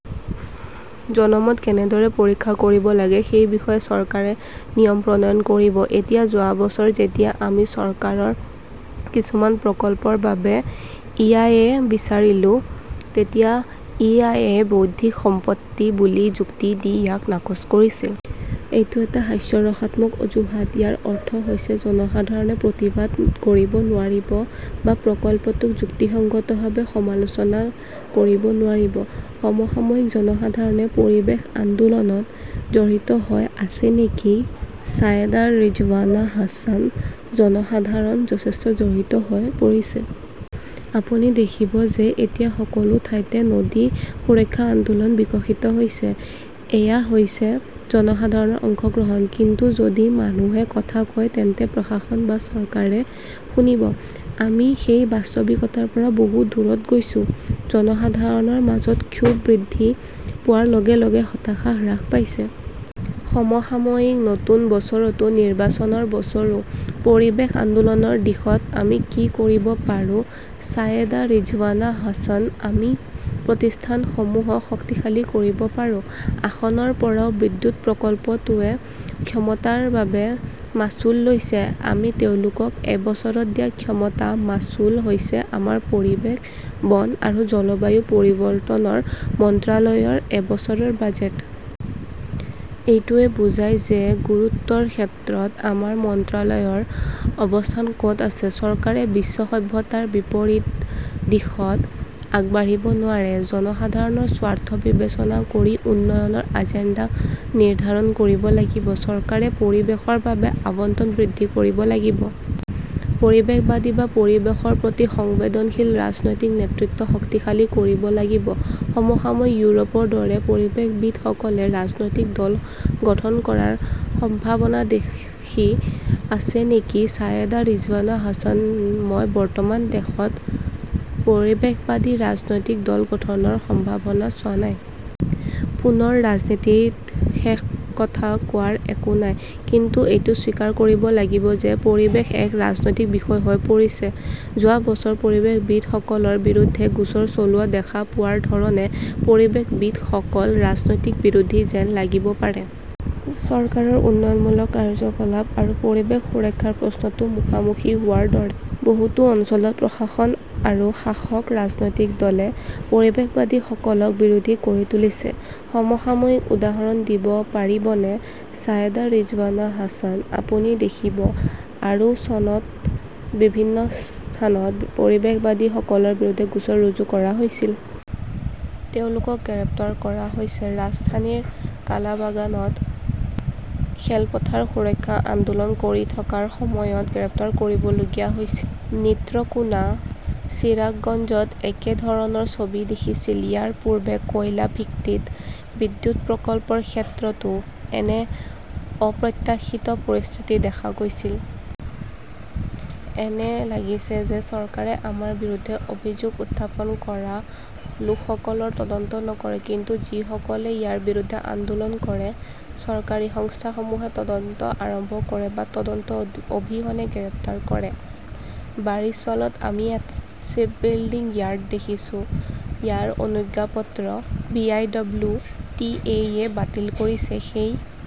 জনমত কেনেদৰে পৰীক্ষা কৰিব লাগে সেই বিষয়ে চৰকাৰে নিয়ম প্ৰণয়ন কৰিব। এতিয়া, যোৱা বছৰ যেতিয়া আমি চৰকাৰৰ কিছুমান প্ৰকল্পৰ বাবে ই. আই. এ. বিচাৰিছিলো, তেতিয়া ই. আই. এ. বৌদ্ধিক সম্পত্তি বুলি যুক্তি দি ইয়াক নাকচ কৰিছিল। এইটো এটা হাস্যৰসাত্মক অজুহাত। ইয়াৰ অৰ্থ হৈছে জনসাধাৰণে প্ৰতিবাদ কৰিব নোৱাৰিব বা প্ৰকল্পটোক যুক্তিসংগতভাৱে সমালোচনা কৰিব নোৱাৰিব। সমসাময়িকঃ জনসাধাৰণে পৰিৱেশ আন্দোলনত জড়িত হৈ আছে নেকি ছায়েদা ৰিজৱানা হাছান জনসাধাৰণ যথেষ্ট জড়িত হৈ পৰিছে। আপুনি দেখিব যে এতিয়া সকলো ঠাইতে নদী সুৰক্ষা আন্দোলন বিকশিত হৈছে। এয়া হৈছে জনসাধাৰণৰ অংশগ্ৰহণ। কিন্তু যদি মানুহে কথা কয় তেন্তে প্ৰশাসন বা চৰকাৰে শুনিব-আমি সেই বাস্তৱিকতাৰ পৰা বহু দূৰৈত গৈছো। জনসাধাৰণৰ মাজত ক্ষোভ বৃদ্ধি পোৱাৰ লগে লগে হতাশা হ্ৰাস পাইছে। সমসাময়িকঃ নতুন বছৰটো নিৰ্বাচনৰ বছৰো। পৰিৱেশ আন্দোলনৰ দিশত আমি কি কৰিব পাৰোঁ ছায়েদা ৰিজৱানা হাছানঃ আমি প্ৰতিষ্ঠানসমূহক শক্তিশালী কৰিব পাৰোঁ। আসনৰ পৰাও বিদ্যুৎ প্ৰকল্পটোৱে ক্ষমতাৰ বাবে মাচুল লৈছে। আমি তেওঁলোকক এবছৰত দিয়া ক্ষমতা মাচুল হৈছে আমাৰ পৰিৱেশ, বন আৰু জলবায়ু পৰিৱৰ্তন মন্ত্ৰালয়ৰ এবছৰৰ বাজেট। এইটোৱে বুজায় যে গুৰুত্বৰ ক্ষেত্ৰত আমাৰ মন্ত্ৰালয়ৰ অৱস্থান ক’ত আছে। চৰকাৰে বিশ্ব সভ্যতাৰ বিপৰীত দিশত আগবাঢ়িব নোৱাৰে। জনসাধাৰণৰ স্বাৰ্থ বিবেচনা কৰি উন্নয়নৰ এজেণ্ডা নিৰ্ধাৰণ কৰিব লাগিব। চৰকাৰে পৰিৱেশৰ বাবে আবণ্টন বৃদ্ধি কৰিব লাগিব। পৰিৱেশবাদী বা পৰিৱেশৰ প্ৰতি সংবেদনশীল ৰাজনৈতিক নেতৃত্ব শক্তিশালী কৰিব লাগিব। সমসাময়িক ইউৰোপৰ দৰে পৰিৱেশবিদসকলে ৰাজনৈতিক দল গঠন কৰাৰ সম্ভাৱনা দেখি আছে নেকি ছায়েদা ৰিজৱানা হাছান মই বৰ্তমান দেশত পৰিৱেশবাদী ৰাজনৈতিক দল গঠনৰ সম্ভাৱনা চোৱা নাই। পুনৰ ৰাজনীতিত শেষ কথা কোৱাৰ একো নাই। কিন্তু এইটো স্বীকাৰ কৰিব লাগিব যে পৰিৱেশ এক ৰাজনৈতিক বিষয় হৈ পৰিছে। যোৱা বছৰ পৰিৱেশবিদসকলৰ বিৰুদ্ধে গোচৰ চলোৱা দেখা পোৱাৰ ধৰণে পৰিৱেশবিদসকল ৰাজনৈতিক বিৰোধী যেন লাগিব পাৰে। চৰকাৰৰ উন্নয়নমূলক কাৰ্যকলাপ আৰু পৰিৱেশ সুৰক্ষাৰ প্ৰশ্নটো মুখামুখি হোৱাৰ দৰে। বহুতো অঞ্চলত প্ৰশাসন আৰু শাসক ৰাজনৈতিক দলে পৰিৱেশবাদীসকলক বিৰোধী কৰি তুলিছে। সমসাময়িকঃ উদাহৰণ দিব পাৰিবনে ছায়েদা ৰিজৱানা হাছান আপুনি দেখিব, আৰু চনত বিভিন্ন স্থানত পৰিৱেশবিদসকলৰ বিৰুদ্ধে গোচৰ ৰুজু কৰা হৈছিল। তেওঁলোকক গ্ৰেপ্তাৰ কৰা হৈছে। ৰাজধানীৰ কালাবাগানত খেলপথাৰ সুৰক্ষা আন্দোলন কৰি থকাৰ সময়ত গ্ৰেপ্তাৰ কৰিবলগীয়া হৈছিল। নীত্ৰকোনা, চিৰাজগঞ্জত একে ধৰণৰ ছবি দেখিছিল। ইয়াৰ পূৰ্বে কয়লা ভিত্তিক বিদ্যুৎ প্ৰকল্পৰ ক্ষেত্ৰতো এনে অপ্ৰত্যাশিত পৰিস্থিতি দেখা গৈছিল। এনে লাগিছে যে চৰকাৰে আমাৰ বিৰুদ্ধে অভিযোগ উত্থাপন কৰা লোকসকলৰ তদন্ত নকৰে। কিন্তু যিসকলে ইয়াৰ বিৰুদ্ধে আন্দোলন কৰে, চৰকাৰী সংস্থাসমূহে তদন্ত আৰম্ভ কৰে বা তদন্ত অবিহনে গ্ৰেপ্তাৰ কৰে। বাৰিশ্বালত আমি এটা শ্বিপবিল্ডিং য়াৰ্ড দেখিছো, যাৰ অনুজ্ঞাপত্ৰ B. I. W. T. A. য়ে বাতিল কৰিছে। সেই